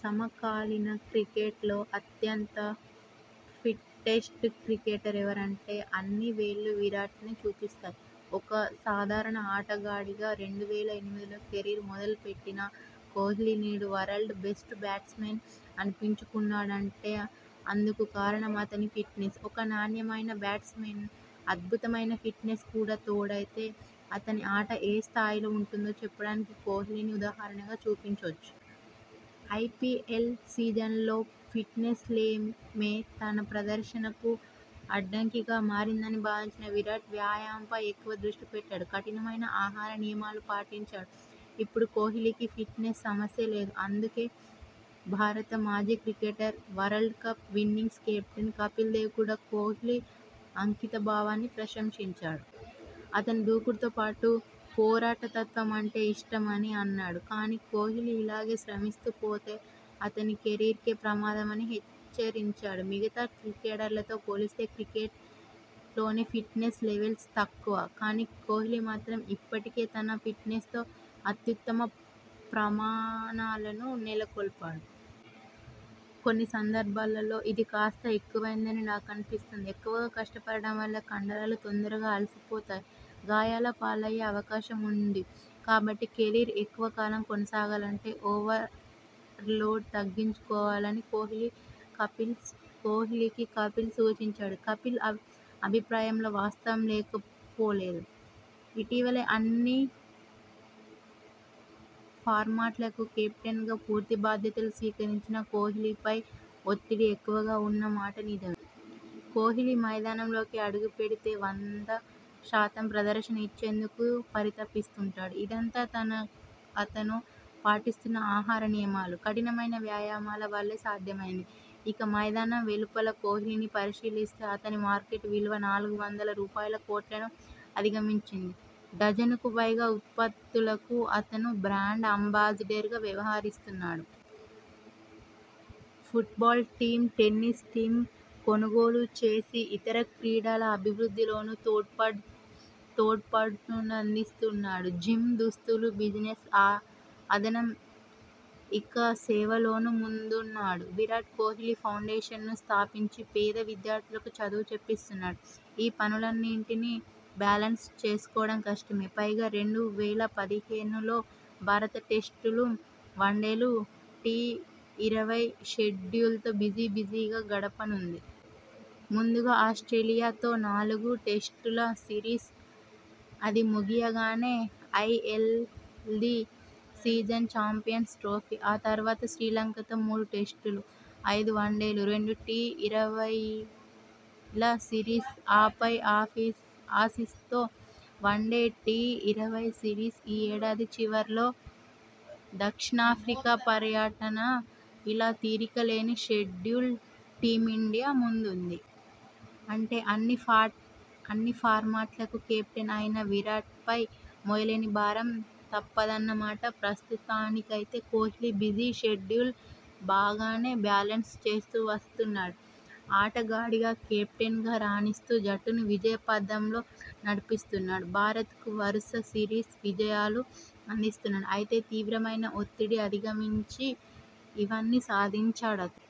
సమకాలీన క్రికెట్లో అత్యంత ఫిట్టెస్ట్ క్రికెటర్ ఎవరంటే అన్ని వేళ్లూ విరాట్నే చూపిస్తాయి! ఒక సాధారణ ఆటగాడిగా రెండు వేల ఎనిమిదిలో కెరీర్ మొదలెట్టిన కోహ్లీ నేడు వరల్డ్ బెస్ట్ బ్యాట్స్మన్ అనిపించుకుంటున్నాడంటే అందుకు కారణం అతని ఫిట్నెస్. ఒక నాణ్యమైన బ్యాట్స్మెన్కు అద్భుతమైన ఫిట్నెస్ కూడా తోడైతే అతని ఆట ఏ స్థాయిలో ఉంటుందో చెప్పడానికి కోహ్లీని ఉదాహరణగా చూపించొచ్చు. ఐపీఎల్ సీజన్లో ఫిట్నెస్ లేమే తన ప్రదర్శనకు అడ్డంకిగా మారిందని భావించిన విరాట్ వ్యాయామంపై ఎక్కువ దృష్టి పెట్టాడు. కఠినమైన ఆహార నియమాలు పాటించాడు. ఇప్పుడు కోహ్లీకి ఫిట్నెస్ సమస్యే లేదు. అందుకే భారత మాజీ cricketer, world cup winning captain Kapil Dev కూడా కోహ్లీ అంకిత భావాన్ని ప్రశంసించాడు. అతని దూకుడుతో పాటు పోరాట తత్వమంటే ఇష్టమని అన్నాడు. కానీ కోహ్లీ ఇలాగే శ్రమిస్తూ పోతే అతని కెరీర్కే ప్రమాదమని హెచ్చరించాడు. 'మిగతా క్రీడలతో పోలిస్తే క్రికెట్లోనే ఫిట్నెస్ లెవెల్స్ తక్కువ. కానీ కోహ్లీ మాత్రం ఇప్పటికే తన ఫిట్నెస్ తో అత్యున్నత ప్రమాణాలను నెలకొల్పాడు. కొన్ని సందర్భాల్లో ఇది కాస్త ఎక్కువైందని నాకనిపిస్తుంది. ఎక్కువగా కష్టపడడం వల్ల కండరాలు తొందరగా అలసిపోతాయి. గాయాల పాలయ్యే అవకాశం ఉంది. కాబట్టి కెరీర్ ఎక్కువ కాలం కొనసాగాలంటే ఓవర్లోడ్ తగ్గించుకోవాల'ని కోహ్లీకి కపిల్ సూచించాడు. కపిల్ అభిప్రాయంలో వాస్తవం లేకపోలేదు. ఇటీవలే అన్ని ఫార్మాట్లకు కెప్టెన్గా పూర్తి బాధ్యతలు స్వీకరించిన కోహ్లీ పై ఒత్తిడి ఎక్కువగా ఉన్న మాట నిజమే! కోహ్లీ మైదానం లోకి అడుగు పెడితే వంద శాతం ప్రదర్శన ఇచ్చేందుకు పరితపిస్తుంటాడు. ఇదంతా అతను పాటిస్తున్న ఆహార నియమాలు, కఠినమైన వ్యాయామాల వల్లే సాధ్యమైంది. ఇక మైదానం వెలుపల కోహ్లీని పరిశీలిస్తే అతని మార్కెట్ విలువ నాలుగు వందల రూపాయల కోట్లను అధిగమించింది. డజనుకు పైగా ఉత్పత్తులకు అతను బ్రాండ్ అంబాసిడర్గా వ్యవహరిస్తున్నాడు. ఫుట్బాల్ టీమ్, టెన్నిస్ టీమ్ను కొనుగోలు చేసి ఇతర క్రీడల అభివృద్ధిలోనూ తోడ్పాటునందిస్తున్నాడు. జిమ్, దుస్తుల బిజినెస్ అదనం. ఇక సేవలోనూ ముందున్నాడు. విరాట్ కోహ్లీ ఫౌండేషన్ ను స్థాపించి పేద విద్యార్థులకు చదువు చెప్పిస్తున్నాడు. ఈ పనులన్నిటినీ బ్యాలెన్స్ చేసుకోవడం కష్టమే. పైగా రెండు వేల పదిహేడు లో భారత టెస్టులు, వన్డేలు, టీఇరవై షెడ్యూల్తో బిజీ బిజీగా గడపనుంది. ముందుగా ఆస్ట్రేలియా తో నాలుగు టెస్టుల సిరీస్. అది ముగియగానే ఐపీఎల్ది సీజన్. Champions trophy. ఆ తర్వాత శ్రీలంకతో మూడు టెస్టులు, ఐదు వన్డేలు, రెండు టీ ఇరవైల సిరీస్. ఆపై ఆసీస్ తో వన్డే, టీ ఇరవై సిరీస్ ఈ ఏడాది చివర్లో దక్షిణాఫ్రికా పర్యటన ఇలా తీరిక లేని షెడ్యూల్ టీమిండియా ముందుంది. అంటే అన్ని ఫార్మాట్లకూ కెప్టెన్ అయిన విరాట్పై మోయలేని భారం తప్పదన్నమాట. ప్రస్తుతానికైతే కోహ్లీ బిజీ షెడ్యూల్ను బాగానే బ్యాలెన్స్ చేస్తూ వస్తున్నాడు. ఆటగాడిగా కెప్టెన్గా రాణిస్తూ జట్టును విజయ పథంలో నడిపిస్తున్నాడు. భారతకు వరుస సిరీస్ విజయాలు అందిస్తున్నాడు. అయితే తీవ్రమైన ఒత్తిడిని అధిగమించి ఇవన్నీ సాధించాడతను.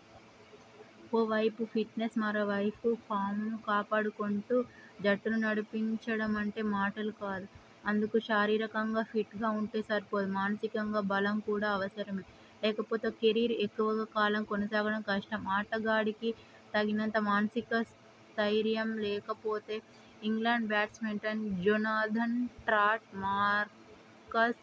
ఓ వైపు ఫిట్నెస్, మరోవైపు ఫామ్ను కాపాడుకుంటూ జట్టుని నడిపించడమంటే మాటలు కాదు. అందుకు శారీరకంగా ఫిట్గా ఉంటే సరిపోదు. మానసిక బలం కూడా అవసరమే. లేకపోతే కెరీర్ ఎక్కువ కాలం కొనసాగడం కష్టం. ఆటగాడికి తగినంత మానసిక స్థయిర్యం లేకపోతే England batsman Jonathan Trott, Marcus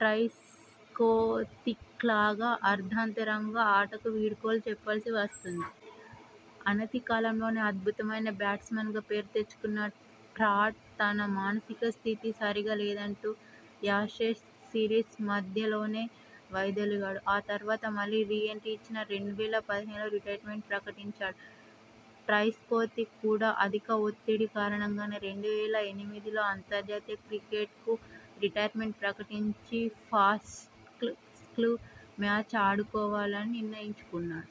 ట్రెస్కోథిక్లాగా అర్ధంతరంగా ఆటకు వీడ్కోలు చెప్పాల్సి వస్తుంది. అనతి కాలంలోనే అద్భుతమైన బ్యాట్స్మన్గా పేరు తెచ్చుకున్న ట్రాట్ తన మానసిక స్థితి సరిగా లేదంటూ యాషెస్ సిరీస్ మధ్యలోనే వైదొలిగాడు. ఆ తర్వాత మళ్లీ రీ ఎంట్రీ ఇచ్చినా రెండు వేల పదిహేనులోనే రిటైర్మెంట్ ప్రకటించేశాడు. ట్రెస్కోథిక్ కూడా అధిక ఒత్తిడి కారణంగానే రెండు వేల ఎనిమిదిలో అంతర్జాతీయ క్రికెట్కు రిటైర్మెంట్ ప్రకటించి ఫస్ట్క్లాస్ మ్యాచ్లు ఆడుకోవాలని నిర్ణయించుకున్నాడు.